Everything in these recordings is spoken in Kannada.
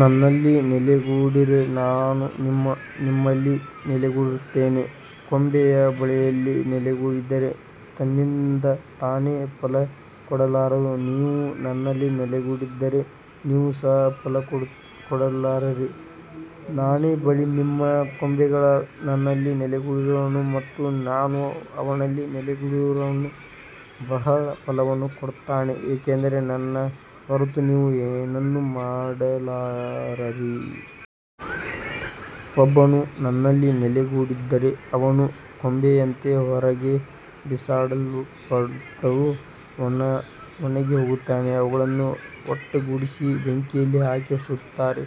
ನನ್ನಲ್ಲಿ ನೆಲೆಗೊಂಡಿರಿ, ನಾನೂ ನಿಮ್ಮಲ್ಲಿ ನೆಲೆಗೊಂಡಿರುತ್ತೇನೆ. ಕೊಂಬೆಯು ಬಳ್ಳಿಯಲ್ಲಿ ನೆಲೆಗೊಂಡಿರದೆ ತನ್ನಿಂದ ತಾನೇ ಫಲಕೊಡಲಾರದು. ನೀವು ನನ್ನಲ್ಲಿ ನೆಲೆಗೊಂಡಿರದಿದ್ದರೆ ನೀವು ಸಹ ಫಲಕೊಡಲಾರಿರಿ. ನಾನೇ ಬಳ್ಳಿ, ನೀವು ಕೊಂಬೆಗಳು. ನನ್ನಲ್ಲಿ ನೆಲೆಗೊಂಡಿರುವವನು ಮತ್ತು ನಾನು ಅವನಲ್ಲಿ ನೆಲೆಗೊಂಡಿರುವವನು ಬಹಳ ಫಲವನ್ನು ಕೊಡುತ್ತಾನೆ, ಏಕೆಂದರೆ ನನ್ನ ಹೊರತು ನೀವು ಏನನ್ನೂ ಮಾಡಲಾರಿರಿ. ಒಬ್ಬನು ನನ್ನಲ್ಲಿ ನೆಲೆಗೊಂಡಿರದಿದ್ದರೆ ಅವನು ಕೊಂಬೆಯಂತೆ ಹೊರಗೆ ಬಿಸಾಡಲ್ಪಟ್ಟು ಒಣಗಿಹೋಗುತ್ತಾನೆ. ಅವುಗಳನ್ನು ಒಟ್ಟುಗೂಡಿಸಿ ಬೆಂಕಿಯಲ್ಲಿ ಹಾಕಿ ಸುಡುತ್ತಾರೆ.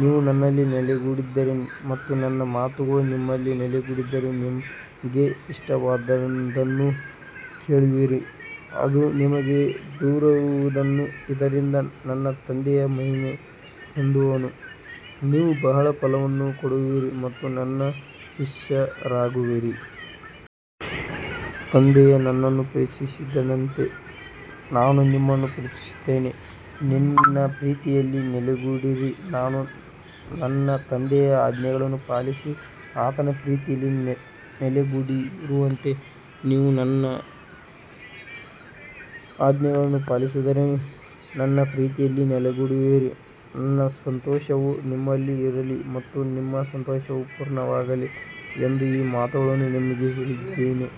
ನೀವು ನನ್ನಲ್ಲಿ ನೆಲೆಗೊಂಡಿದ್ದರೆ ಮತ್ತು ನನ್ನ ಮಾತುಗಳು ನಿಮ್ಮಲ್ಲಿ ನೆಲೆಗೊಂಡಿದ್ದರೆ ನಿಮಗೆ ಇಷ್ಟವಾದದ್ದನ್ನು ಕೇಳಿಕೊಳ್ಳಿರಿ, ಅದು ನಿಮಗೆ ದೊರೆಯುವುದು. ಇದರಿಂದ ನನ್ನ ತಂದೆಯು ಮಹಿಮೆ ಹೊಂದುವನು, ನೀವು ಬಹಳ ಫಲವನ್ನು ಕೊಡುವಿರಿ ಮತ್ತು ನನ್ನ ಶಿಷ್ಯರಾಗುವಿರಿ. ತಂದೆಯು ನನ್ನನ್ನು ಪ್ರೀತಿಸಿದಂತೆ ನಾನೂ ನಿಮ್ಮನ್ನು ಪ್ರೀತಿಸಿದ್ದೇನೆ. ನನ್ನ ಪ್ರೀತಿಯಲ್ಲಿ ನೆಲೆಗೊಂಡಿರಿ. ನಾನು ನನ್ನ ತಂದೆಯ ಆಜ್ಞೆಗಳನ್ನು ಪಾಲಿಸಿ ಆತನ ಪ್ರೀತಿಯಲ್ಲಿ ನೆಲೆಗೊಂಡಿರುವಂತೆ, ನೀವು ನನ್ನ ಆಜ್ಞೆಗಳನ್ನು ಪಾಲಿಸಿದರೆ ನನ್ನ ಪ್ರೀತಿಯಲ್ಲಿ ನೆಲೆಗೊಂಡಿರುವಿರಿ. ನನ್ನ ಸಂತೋಷವು ನಿಮ್ಮಲ್ಲಿ ಇರಲಿ ಮತ್ತು ನಿಮ್ಮ ಸಂತೋಷವು ಪೂರ್ಣವಾಗಲಿ ಎಂದು ಈ ಮಾತುಗಳನ್ನು ನಿಮಗೆ ಹೇಳಿದ್ದೇನೆ.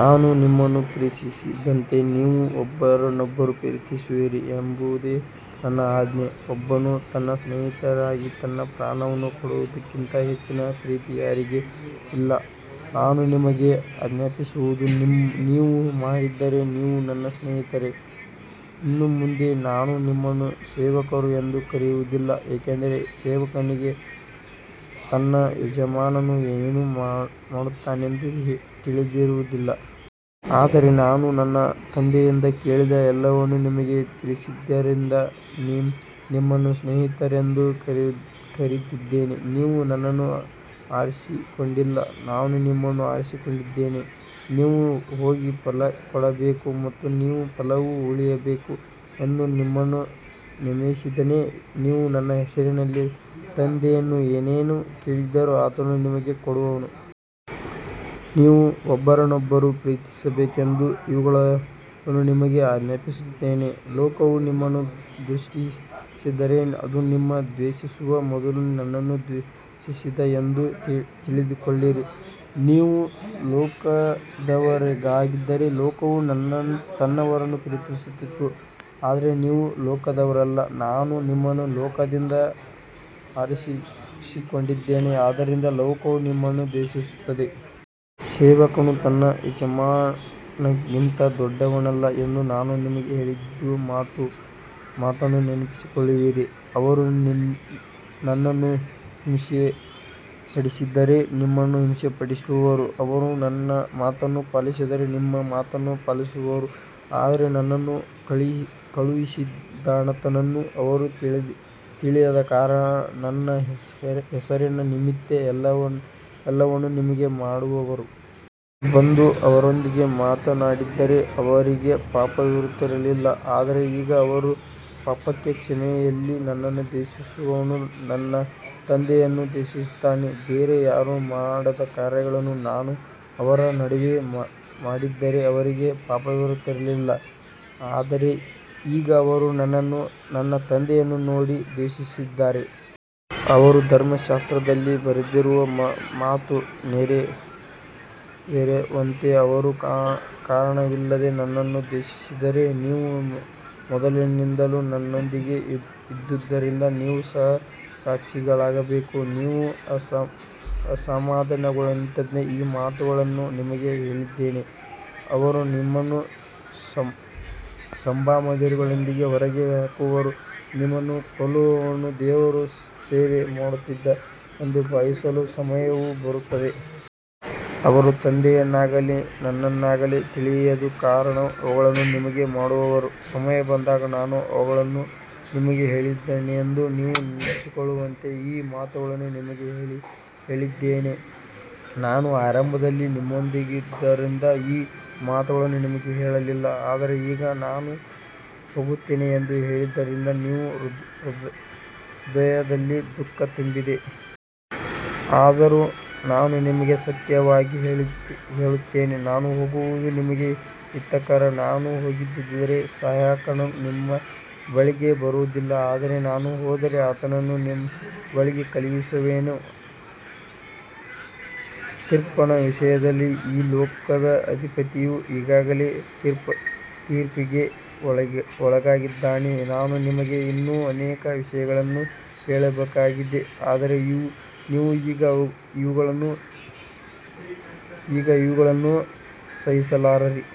ನಾನು ನಿಮ್ಮನ್ನು ಪ್ರೀತಿಸಿದಂತೆ ನೀವೂ ಒಬ್ಬರನ್ನೊಬ್ಬರು ಪ್ರೀತಿಸಿರಿ ಎಂಬುದೇ ನನ್ನ ಆಜ್ಞೆ. ಒಬ್ಬನು ತನ್ನ ಸ್ನೇಹಿತರಿಗಾಗಿ ತನ್ನ ಪ್ರಾಣವನ್ನು ಕೊಡುವುದಕ್ಕಿಂತ ಹೆಚ್ಚಿನ ಪ್ರೀತಿ ಯಾರಿಗೂ ಇಲ್ಲ. ನಾನು ನಿಮಗೆ ಆಜ್ಞಾಪಿಸುವುದನ್ನು ನೀವು ಮಾಡಿದರೆ ನೀವು ನನ್ನ ಸ್ನೇಹಿತರು. ಇನ್ನು ಮುಂದೆ ನಾನು ನಿಮ್ಮನ್ನು ಸೇವಕರು ಎಂದು ಕರೆಯುವುದಿಲ್ಲ, ಏಕೆಂದರೆ ಸೇವಕನಿಗೆ ತನ್ನ ಯಜಮಾನನು ಏನು ಮಾಡುತ್ತಾನೆಂದು ತಿಳಿದಿರುವುದಿಲ್ಲ. ಆದರೆ ನಾನು ನನ್ನ ತಂದೆಯಿಂದ ಕೇಳಿದ ಎಲ್ಲವನ್ನೂ ನಿಮಗೆ ತಿಳಿಸಿದ್ದರಿಂದ ನಿಮ್ಮನ್ನು ಸ್ನೇಹಿತರೆಂದು ಕರೆದಿದ್ದೇನೆ. ನೀವು ನನ್ನನ್ನು ಆರಿಸಿಕೊಂಡಿಲ್ಲ, ನಾನೇ ನಿಮ್ಮನ್ನು ಆರಿಸಿಕೊಂಡಿದ್ದೇನೆ. ನೀವು ಹೋಗಿ ಫಲಕೊಡಬೇಕು ಮತ್ತು ನಿಮ್ಮ ಫಲವು ಉಳಿಯಬೇಕು ಎಂದು ನಿಮ್ಮನ್ನು ನೇಮಿಸಿದ್ದೇನೆ. ನೀವು ನನ್ನ ಹೆಸರಿನಲ್ಲಿ ತಂದೆಯನ್ನು ಏನನ್ನೇ ಕೇಳಿದರೂ ಆತನು ನಿಮಗೆ ಕೊಡುವನು. ನೀವು ಒಬ್ಬರನ್ನೊಬ್ಬರು ಪ್ರೀತಿಸಬೇಕೆಂದು ಇವುಗಳನ್ನು ನಿಮಗೆ ಆಜ್ಞಾಪಿಸುತ್ತೇನೆ. ಲೋಕವು ನಿಮ್ಮನ್ನು ದ್ವೇಷಿಸಿದರೆ, ಅದು ನಿಮ್ಮನ್ನು ದ್ವೇಷಿಸುವ ಮೊದಲು ನನ್ನನ್ನು ದ್ವೇಷಿಸಿದೆ ಎಂದು ತಿಳಿದುಕೊಳ್ಳಿರಿ. ನೀವು ಲೋಕದವರಾಗಿದ್ದರೆ ಲೋಕವು ತನ್ನವರನ್ನು ಪ್ರೀತಿಸುತ್ತಿತ್ತು. ಆದರೆ ನೀವು ಲೋಕದವರಲ್ಲ, ನಾನು ನಿಮ್ಮನ್ನು ಲೋಕದಿಂದ ಆರಿಸಿಕೊಂಡಿದ್ದೇನೆ. ಆದ್ದರಿಂದ ಲೋಕವು ನಿಮ್ಮನ್ನು ದ್ವೇಷಿಸುತ್ತದೆ. ಸೇವಕನು ತನ್ನ ಯಜಮಾನನಿಗಿಂತ ದೊಡ್ಡವನಲ್ಲ ಎಂದು ನಾನು ನಿಮಗೆ ಹೇಳಿದ ಮಾತನ್ನು ನೆನಪಿಸಿಕೊಳ್ಳಿರಿ. ಅವರು ನನ್ನನ್ನು ಹಿಂಸೆಪಡಿಸಿದರೆ ನಿಮ್ಮನ್ನೂ ಹಿಂಸೆಪಡಿಸುವರು. ಅವರು ನನ್ನ ಮಾತನ್ನು ಪಾಲಿಸಿದರೆ ನಿಮ್ಮ ಮಾತನ್ನೂ ಪಾಲಿಸುವರು. ಆದರೆ ನನ್ನನ್ನು ಕಳುಹಿಸಿದಾತನನ್ನು ಅವರು ತಿಳಿಯದ ಕಾರಣ ನನ್ನ ಹೆಸರಿನ ನಿಮಿತ್ತ ಇವೆಲ್ಲವನ್ನೂ ನಿಮಗೆ ಮಾಡುವರು. ನಾನು ಬಂದು ಅವರೊಂದಿಗೆ ಮಾತನಾಡದಿದ್ದರೆ ಅವರಿಗೆ ಪಾಪವಿರುತ್ತಿರಲಿಲ್ಲ. ಆದರೆ ಈಗ ಅವರ ಪಾಪಕ್ಕೆ ಕ್ಷಮೆಯಿಲ್ಲ. ನನ್ನನ್ನು ದ್ವೇಷಿಸುವವನು ನನ್ನ ತಂದೆಯನ್ನೂ ದ್ವೇಷಿಸುತ್ತಾನೆ. ಬೇರೆ ಯಾರೂ ಮಾಡದ ಕಾರ್ಯಗಳನ್ನು ನಾನು ಅವರ ನಡುವೆ ಮಾಡದಿದ್ದರೆ ಅವರಿಗೆ ಪಾಪವಿರುತ್ತಿರಲಿಲ್ಲ. ಆದರೆ ಈಗ ಅವರು ನನ್ನನ್ನೂ ನನ್ನ ತಂದೆಯನ್ನೂ ನೋಡಿ ದ್ವೇಷಿಸಿದ್ದಾರೆ. ಅವರ ಧರ್ಮಶಾಸ್ತ್ರದಲ್ಲಿ ಬರೆದಿರುವ ಮಾತು ನೆರವೇರುವಂತೆ ಅವರು ಕಾರಣವಿಲ್ಲದೆ ನನ್ನನ್ನು ದ್ವೇಷಿಸಿದರು. ನೀವು ಮೊದಲಿನಿಂದಲೂ ನನ್ನೊಂದಿಗೆ ಇದ್ದುದರಿಂದ ನೀವು ಸಹ ಸಾಕ್ಷಿಗಳಾಗಬೇಕು. ನೀವು ಅಸಮಾಧಾನಗೊಳ್ಳದಂತೆ ಈ ಮಾತುಗಳನ್ನು ನಿಮಗೆ ಹೇಳಿದ್ದೇನೆ. ಅವರು ನಿಮ್ಮನ್ನು ಸಭಾಮಂದಿರಗಳಿಂದ ಹೊರಗೆ ಹಾಕುವರು. ನಿಮ್ಮನ್ನು ಕೊಲ್ಲುವವನು ದೇವರ ಸೇವೆ ಮಾಡುತ್ತಿದ್ದೇನೆ ಎಂದು ಭಾವಿಸುವ ಸಮಯವೂ ಬರುತ್ತದೆ. ಅವರು ತಂದೆಯನ್ನಾಗಲಿ ನನ್ನನ್ನಾಗಲಿ ತಿಳಿಯದ ಕಾರಣ ಇವುಗಳನ್ನು ನಿಮಗೆ ಮಾಡುವರು. ಸಮಯ ಬಂದಾಗ ನಾನು ಇವುಗಳನ್ನು ನಿಮಗೆ ಹೇಳಿದ್ದೆನೆಂದು ನೀವು ನೆನಪಿಸಿಕೊಳ್ಳುವಂತೆ ಈ ಮಾತುಗಳನ್ನು ನಿಮಗೆ ಹೇಳಿದ್ದೇನೆ. ನಾನು ಆರಂಭದಲ್ಲಿ ನಿಮ್ಮೊಂದಿಗಿದ್ದುದರಿಂದ ಈ ಮಾತುಗಳನ್ನು ನಿಮಗೆ ಹೇಳಲಿಲ್ಲ. ಆದರೆ ಈಗ ನಾನು ಹೋಗುತ್ತೇನೆ ಎಂದು ಹೇಳಿದ್ದರಿಂದ ನಿಮ್ಮ ಹೃದಯದಲ್ಲಿ ದುಃಖ ತುಂಬಿದೆ. ಆದರೂ ನಾನು ನಿಮಗೆ ಸತ್ಯವಾಗಿ ಹೇಳುತ್ತೇನೆ, ನಾನು ಹೋಗುವುದು ನಿಮಗೆ ಹಿತಕರ. ನಾನು ಹೋಗದಿದ್ದರೆ ಸಹಾಯಕನು ನಿಮ್ಮ ಬಳಿಗೆ ಬರುವುದಿಲ್ಲ. ಆದರೆ ನಾನು ಹೋದರೆ ಆತನನ್ನು ನಿಮ್ಮ ಬಳಿಗೆ ಕಳುಹಿಸುವೆನು. ತೀರ್ಪಿನ ವಿಷಯದಲ್ಲಿ ಈ ಲೋಕದ ಅಧಿಪತಿಯು ಈಗಾಗಲೇ ತೀರ್ಪಿಗೆ ಒಳಗಾಗಿದ್ದಾನೆ. ನಾನು ನಿಮಗೆ ಇನ್ನೂ ಅನೇಕ ವಿಷಯಗಳನ್ನು ಹೇಳಬೇಕಾಗಿದೆ, ಆದರೆ ನೀವು ಈಗ ಅವುಗಳನ್ನು ಸಹಿಸಲಾರಿರಿ.